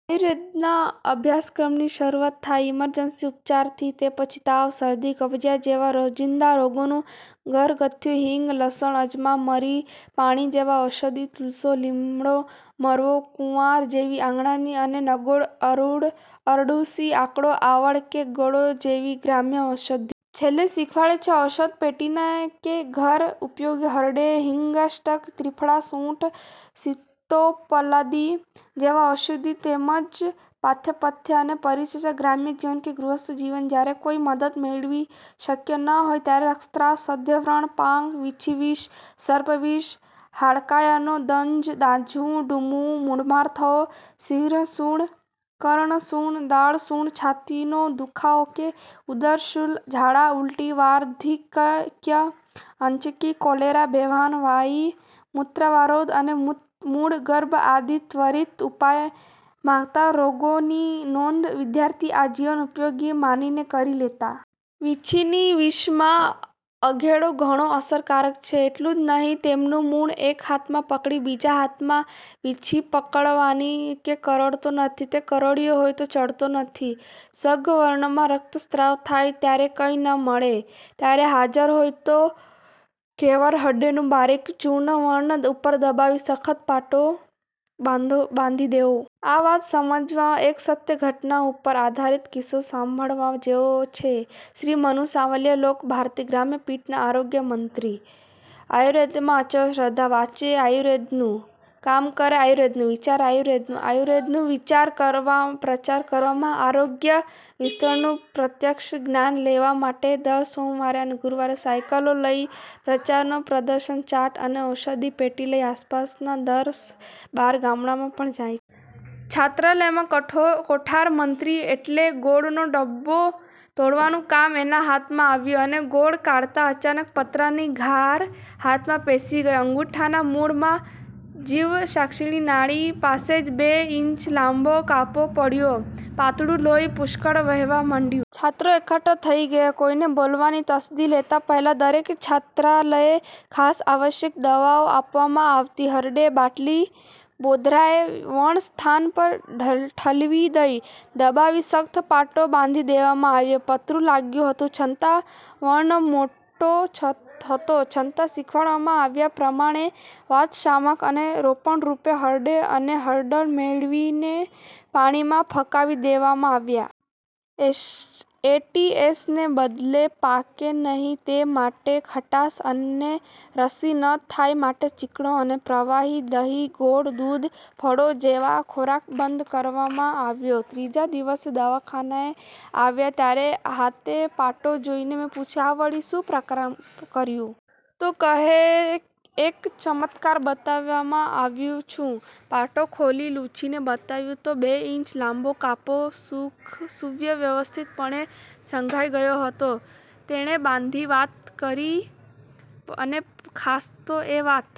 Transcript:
આયુર્વેદ ના અભ્યાસક્રમની શરૂઆત થાય ઇમર્જન્સી ઉપચારથી, તે પછી તાવ, શરદી, કબજિયાત જેવા રોજિંદા રોગો ઘરગથ્થુ હિંગ, લસણ, અજમા, મરી, પાણી જેવાં ઔષધો તુલસી, લીમડો, મરવો, કુંવાર જેવી આંગણાની અને નગોડ, અરડૂસી, આકડો, આવળ કે ગળો જેવી ગ્રામ્ય ઔષધિ. છેલ્લે શીખવવામાં આવે ઔષધ પેટીનાં કે ઘર ઉપયોગી હરડે, હિંગાષ્ટક, ત્રિફળા, સૂંઠ, સિતોપલાદિ જેવાં ઔષધો તેમજ પથ્યાપથ્ય અને પરિચર્યા. ગ્રામજીવનમાં કે ગૃહસ્થજીવનમાં જ્યારે કોઈ મદદ મળવી શક્ય ન હોય ત્યારે રક્તસ્રાવ, સદ્યવ્રણ, પાક, વીંછીવિષ, સર્પવિષ, હડકાયાનો દંશ, દાઝવું, ડૂબવું, મૂઢમાર થવો; શિરઃશૂળ, કર્ણશૂળ, દાઢશૂળ, છાતીનો દુખાવો કે ઉદરશૂલ, ઝાડા, ઊલટી, વરાધિક્ય, આંચકી, કૉલેરા, બેભાન, વાઈ, મૂત્રાવરોધ કે મૂઢગર્ભ આદિ ત્વરિત ઉપાય માગતા રોગોની નોંધ વિદ્યાર્થી આજીવન ઉપયોગી માનીને કરી લેતા. વીંછીના વિષમાં અધેડો ઘણો અસરકારક છે એટલું જ નહીં, તેનું મૂળ એક હાથમાં પકડી બીજા હાથમાં વીંછી પકડવાથી તે કરડતો નથી કે કરડ્યો હોય તો ચડતો નથી! સઘવ્રણમાં રક્તસ્રાવ થાય ત્યારે કંઈ ન મળે ત્યારે હાજર હોય તો કેવળ હરડેનું બારીક ચૂર્ણ વ્રણ ઉપર દબાવી સખત પાટો બાંધી દેવો. આ વાત સમજવા એક સત્ય ઘટના ઉપર આધારિત કિસ્સો સાંભળવા જેવો છે. શ્રી મનુ સાવલિયા લોકભારતી ગ્રામવિદ્યાપીઠના આરોગ્યમંત્રી. આયુર્વેદમાં અચલ શ્રદ્ધા; વાંચે આયુર્વેદનું, કામ કરે આયુર્વેદનું, વિચારે આયુર્વેદનું. આયુર્વેદનો પ્રચાર કરવા આરોગ્ય વિસ્તરણનું પ્રત્યક્ષ જ્ઞાન લેવા મિત્રો સાથે દર સોમવાર અને ગુરુવારે સાઈકલો લઈ પ્રચારના પ્રદર્શનચાર્ટ્સ અને ઔષધપેટી લઈ આસપાસનાં દસ-બાર ગામડાંમાં પણ જાય. છાત્રાલયમાં કોઠારમંત્રી એટલે ગોળનો ડબ્બો તોડવાનું કામ એના હાથમાં આવ્યું અને ગોળ કાઢતાં અચાનક પતરાની ઘાર હાથમાં પેસી ગઈ. અંગૂઠાના મૂળમાં જીવસાક્ષિણી નાડી પાસે જ બે ઈંચ લાંબો કાપો પડી ગયો. પાતળું લોહી પુષ્કળ વહેવા માંડ્યું. છાત્રો એકઠા થઈ ગયા. કોઈને બોલાવવાની તસ્દી લેતાં પહેલાં, દરેક છાત્રાલયે ખાસ આવશ્યક દવાઓમાં આપવામાં આવતી હરડે બાટલી બોધરાએ વણસ્થાન પર ઠલવી દઈ, દબાવી સખત પાટો બાંધી દેવામાં આવ્યો. પતરું લાગ્યું હતું છતાં, વ્રણ મોટો હતો છતાં, શીખવવામાં આવ્યા પ્રમાણે વાતશામક અને રોપણરૂપે હરડે અને હળદર મેળવીને પાણીમાં ફકાવી દેવામાં આવ્યાં. એ. ટી. એસ. ને બદલે પાકે નહીં તે માટે ખટાશ અને રસી ન થાય તે માટે ચીકણો અને પ્રવાહી.. દહીં, ગોળ, દૂધ, ફળો જેવો ખોરાક બંધ કરવામાં આવ્યો. ત્રીજે દિવસે દવાખાને એ આવ્યા ત્યારે હાથે પાટો જોઈ મેં પૂછ્યું: આ વળી શું પરાક્રમ કર્યું? તો કહે એક ચમત્કાર બતાવવા આવ્યો છું. પાટો ખોલી, લૂછીને બતાવ્યું તો બે ઈંચનો લાંબો કાપો સુવ્યવસ્થિતપણે સંધાઈ ગયો હતો! તેણે બધી વાત કરી અને ખાસ તો એ વાત